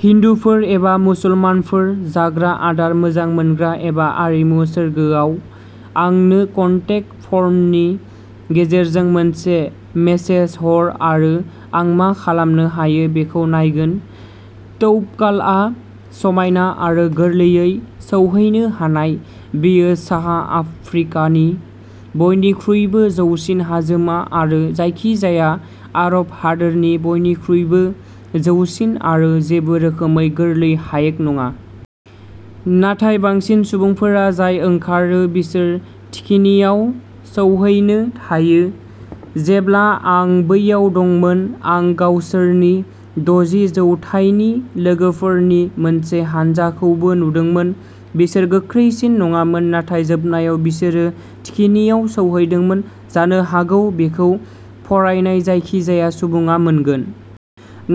हिन्दुफोर एबा मुसलमानफोर, जाग्रा आदार मोजां मोनग्रा एबा आरिमु सोरगोआव? आंनो कन्टेक फर्मनि गेजेरजों मोनसे मेसेज हर आरो आं मा खालामनो हायो बेखौ नायगोन। तौबकालआ समायना आरो गोरलैयै सौहैनो हानाय। बेयो साहा आफ्रिकानि बयनिख्रुइबो जौसिन हाजोमा आरो जायखिजाया आरब हादोरनि बयनिख्रुइबो जौसिन आरो जेबो रोखोमै गोरलै हाइक नङा। नाथाय बांसिन सुबुंफोरा जाय ओंखारो बिसोर थिखिनियाव सौहैनो हायो। जेब्ला आं बैयाव दंमोन, आं गावसोरनि दजि जौथायनि लोगोफोरनि मोनसे हानजाखौबो नुदोंमोन। बिसोर गोख्रैसिन नङामोन, नाथाय जोबनायाव बिसोरो थिखिनियाव सौहैदोंमोन। जानो हागौ बेखौ फरायनाय जायखिजाया सुबुङा मोनगोन।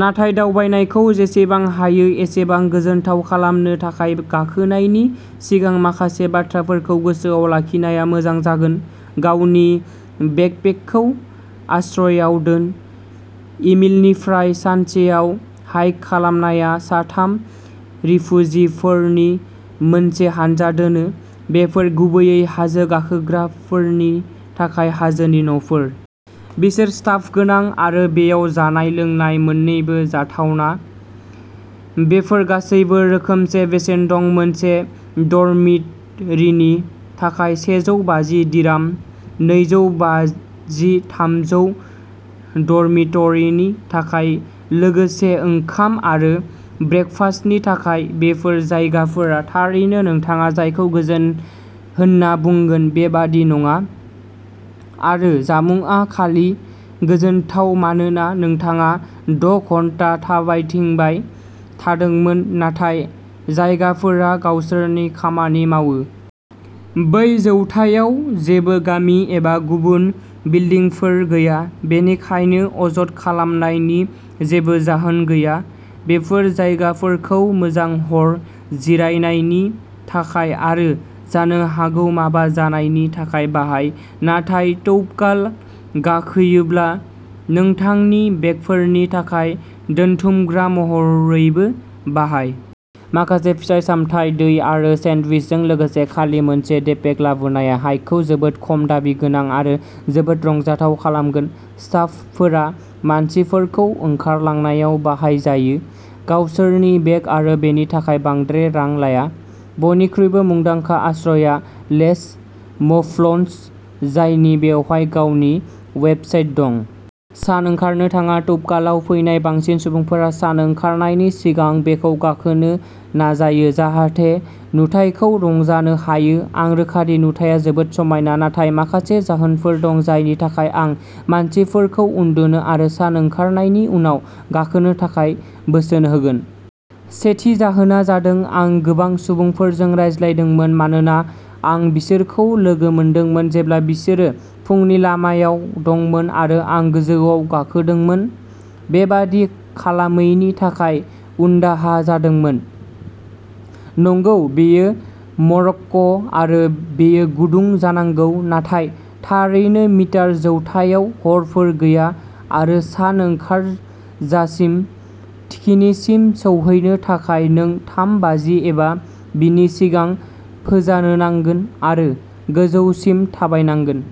नाथाय दावबायनायखौ जेसेबां हायो एसेबां गोजोनथाव खालामनो थाखाय गाखोनायनि सिगां माखासे बाथ्राफोरखौ गोसोआव लाखिनाया मोजां जागोन। गावनि बेकपेकखौ आश्रयआव दोन। इमिलनिफ्राय सानसेआव हाइक खालामनाया सा थाम रिफुजिफोरनि मोनसे हानजा दोनो। बेफोर गुबैयै हाजो गाखोग्राफोरनि थाखाय हाजोनि न'फोर। बिसोर स्टाफ गोनां। आरो बेयाव जानाय-लोंनाय मोननैबो जाथावना। बेफोर गासैबो रोखोमसे बेसेन दं। मोनसे डर्मिटरिनि थाखाय सेजौ बाजि दिराम। नैजौ बाजि-थामजौ डर्मिटरिनि थाखाय लोगोसे ओंखाम आरो ब्रेकफास्टनि थाखाय। बेफोर जायगाफोरा थारैनो नोंथाङा जायखौ गोजोन होनना बुंगोन बेबादि नङा आरो जामुंआ खालि गोजोनथाव मानोना नोंथाङा द' घन्टा थाबायथिंबाय थादोंमोन, नाथाय जायगाफोरा गावसोरनि खामानि मावो। बै जौथायाव जेबो गामि एबा गुबुन बिल्डिंफोर गैया, बेनिखायनो अजद खालामनायनि जेबो जाहोन गैया। बेफोर जायगाफोरखौ मोजां हर जिरायनायनि थाखाय आरो जानो हागौ माबा जानायनि थाखाय बाहाय, नाथाय तौबकाल गाखोयोब्ला नोंथांनि बेगफोरनि थाखाय दोनथुमग्रा महरैबो बाहाय। माखासे फिथाइ-सामथाइ, दै आरो सेन्डविचजों लोगोसे खालि मोनसे डेपेक लाबोनाया हाइकखौ जोबोद खम दाबि गोनां आरो जोबोद रंजाथाव खालामगोन। स्टाफफोरा मानसिफोरखौ ओंखारलांनायाव बाहायजायो। गावसोरनि बेग आरो बेनि थाखाय बांद्राय रां लाया। बयनिख्रुइबो मुंदांखा आश्रयआ लेस मौफ्लन्स, जायनि बेवहाय गावनि वेबसाइट दं। सान ओंखारनो थाङा। तौबकालाव फैनाय बांसिन सुबुंफोरा सान ओंखारनायनि सिगां बेखौ गाखोनो नाजायो, जाहाथे नुथायखौ रंजानो हायो। आं रोखा दि नुथाया जोबोद समायना, नाथाय माखासे जाहोनफोर दं जायनि थाखाय आं मानसिफोरखौ उन्दुनो आरो सान ओंखारनायनि उनाव गाखोनो थाखाय बोसोन होगोन। सेथि जाहोना जादों आं गोबां सुबुंफोरजों रायज्लायदोंमोन मानोना आं बिसोरखौ लोगो मोनदोंमोन जेब्ला बिसोरो फुंनि लामायाव दंमोन आरो आं गोजौआव गाखोदोंमोन, बेबादि खालामैनि थाखाय उनदाहा जादोंमोन। नंगौ, बेयो मरक्क' आरो बेयो गुदुं जानांगौ, नाथाय थारैनो मिटार जौथायाव हरफोर गैया आरो सान ओंखारजासिम थिखिनिसिम सौहैनो थाखाय नों थाम बाजि एबा बिनि सिगां फोजानो नांगोन आरो गोजौसिम थाबायनांगोन।